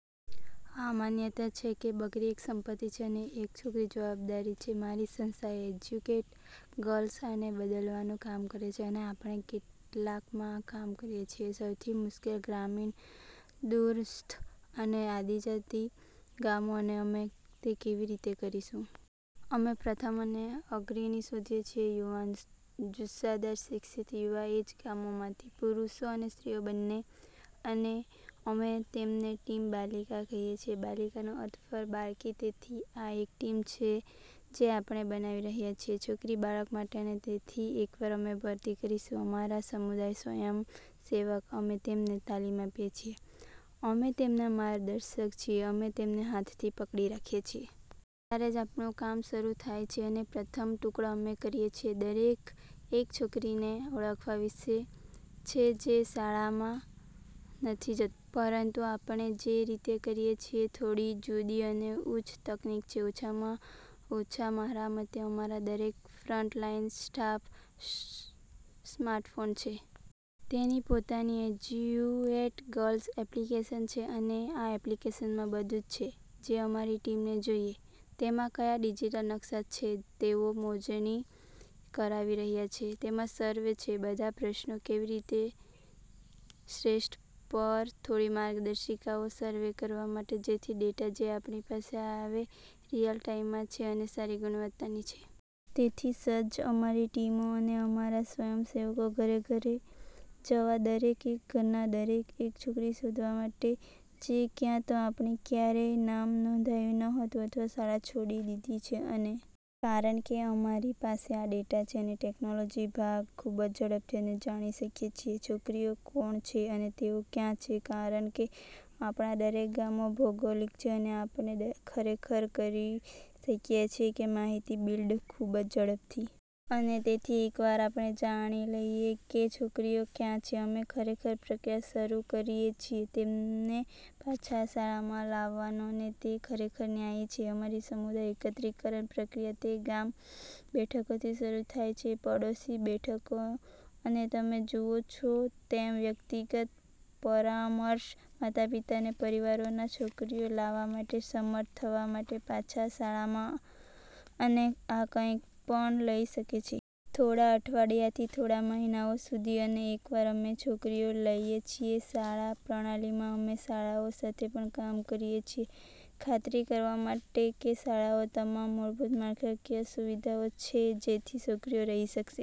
આ માન્યતા છે કે બકરી એક સંપત્તિ છે અને એક છોકરી જવાબદારી છે. મારી સંસ્થા એજ્યુએટ ગર્લ્સ આને બદલવાનું કામ કરે છે. અને આપણે કેટલાકમાં કામ કરીએ છીએ સૌથી મુશ્કેલ, ગ્રામીણ, દૂરસ્થ અને આદિજાતિ ગામો અને અમે તે કેવી રીતે કરીશું? અમે પ્રથમ અને અગ્રણી શોધીએ છીએ યુવાન, જુસ્સાદાર, શિક્ષિત યુવા એ જ ગામોમાંથી. પુરુષો અને સ્ત્રીઓ બંને. અને અમે તેમને ટીમ બાલિકા કહીએ છીએ, બાલિકાનો અર્થ ફક્ત બાળકી, તેથી આ એક ટીમ છે જે આપણે બનાવી રહ્યા છીએ છોકરી બાળક માટે અને તેથી એકવાર અમે ભરતી કરીશું અમારા સમુદાય સ્વયંસેવક અમે તેમને તાલીમ આપીએ છીએ, અમે તેમના માર્ગદર્શક છીએ, અમે તેમને હાથથી પકડી રાખીએ છીએ. ત્યારે જ આપણું કામ શરૂ થાય છે અને પ્રથમ ટુકડો અમે કરીએ છીએ. દરેક એક છોકરીને ઓળખવા વિશે છે જે શાળામાં નથી જતો. પરંતુ આપણે જે રીતે કરીએ છીએ થોડી જુદી અને ઉચ્ચ તકનીક છે, ઓછામાં ઓછા મારા મતે અમારા દરેક ફ્રન્ટલાઈન સ્ટાફ સ્માર્ટફોન છે. તેની પોતાની એજ્યુએટ ગર્લ્સ એપ્લિકેશન છે અને આ એપ્લિકેશનમાં બધું છે, જે અમારી ટીમને જોઈએ. તેમાં ક્યાં ડિજિટલ નકશા છે તેઓ મોજણી કરાવી રહ્યા છે, તેમાં સર્વે છે, બધા પ્રશ્નો, કેવી રીતે શ્રેષ્ઠ પર થોડી માર્ગદર્શિકાઓ સર્વે કરવા માટે, જેથી ડેટા જે આપણી પાસે આવે રીઅલ ટાઇમમાં છે અને સારી ગુણવત્તાની છે. તેથી સજ્જ, અમારી ટીમો અને અમારા સ્વયંસેવકો ઘરે ઘરે જવા દરેક એક ઘરના દરેક એક છોકરી શોધવા માટે જે ક્યાં તો આપણે ક્યારેય નામ નોંધાવ્યું ન હતું અથવા શાળા છોડી દીધી છે. અને કારણ કે અમારી પાસે આ ડેટા છે અને ટેકનોલોજી ભાગ, ખૂબ જ ઝડપથી અમે જાણી શકીએ છીએ છોકરીઓ કોણ છે અને તેઓ ક્યાં છે, કારણ કે આપણા દરેક ગામો ભૌગોલિક છે, અને આપણે ખરેખર કરી શકીએ છીએ કે માહિતી બિલ્ડ ખૂબ જ ઝડપથી. અને તેથી એકવાર આપણે જાણી લઈએ કે છોકરીઓ ક્યાં છે. અમે ખરેખર પ્રક્રિયા શરૂ કરીએ છીએ તેમને પાછા શાળામાં લાવવાનો અને તે ખરેખર ન્યાયી છે. અમારી સમુદાય એકત્રીકરણ પ્રક્રિયા, તે ગામ બેઠકોથી શરૂ થાય છે, પડોશી બેઠકો, અને તમે જુઓ છો તેમ, વ્યક્તિગત પરામર્શ માતાપિતા અને પરિવારોના, છોકરીઓ લાવવા માટે સમર્થ થવા માટે પાછા શાળામાં અને આ કંઈપણ લઈ શકે છે. થોડા અઠવાડિયાથી થોડા મહિનાઓ સુધી અને એકવાર અમે છોકરીઓ લઈએ છીએ શાળા પ્રણાલીમાં, અમે શાળાઓ સાથે પણ કામ કરીએ છીએ ખાતરી કરવા માટે કે શાળાઓ તમામ મૂળભૂત માળખાકીય સુવિધાઓ છે જેથી છોકરીઓ રહી શકશે.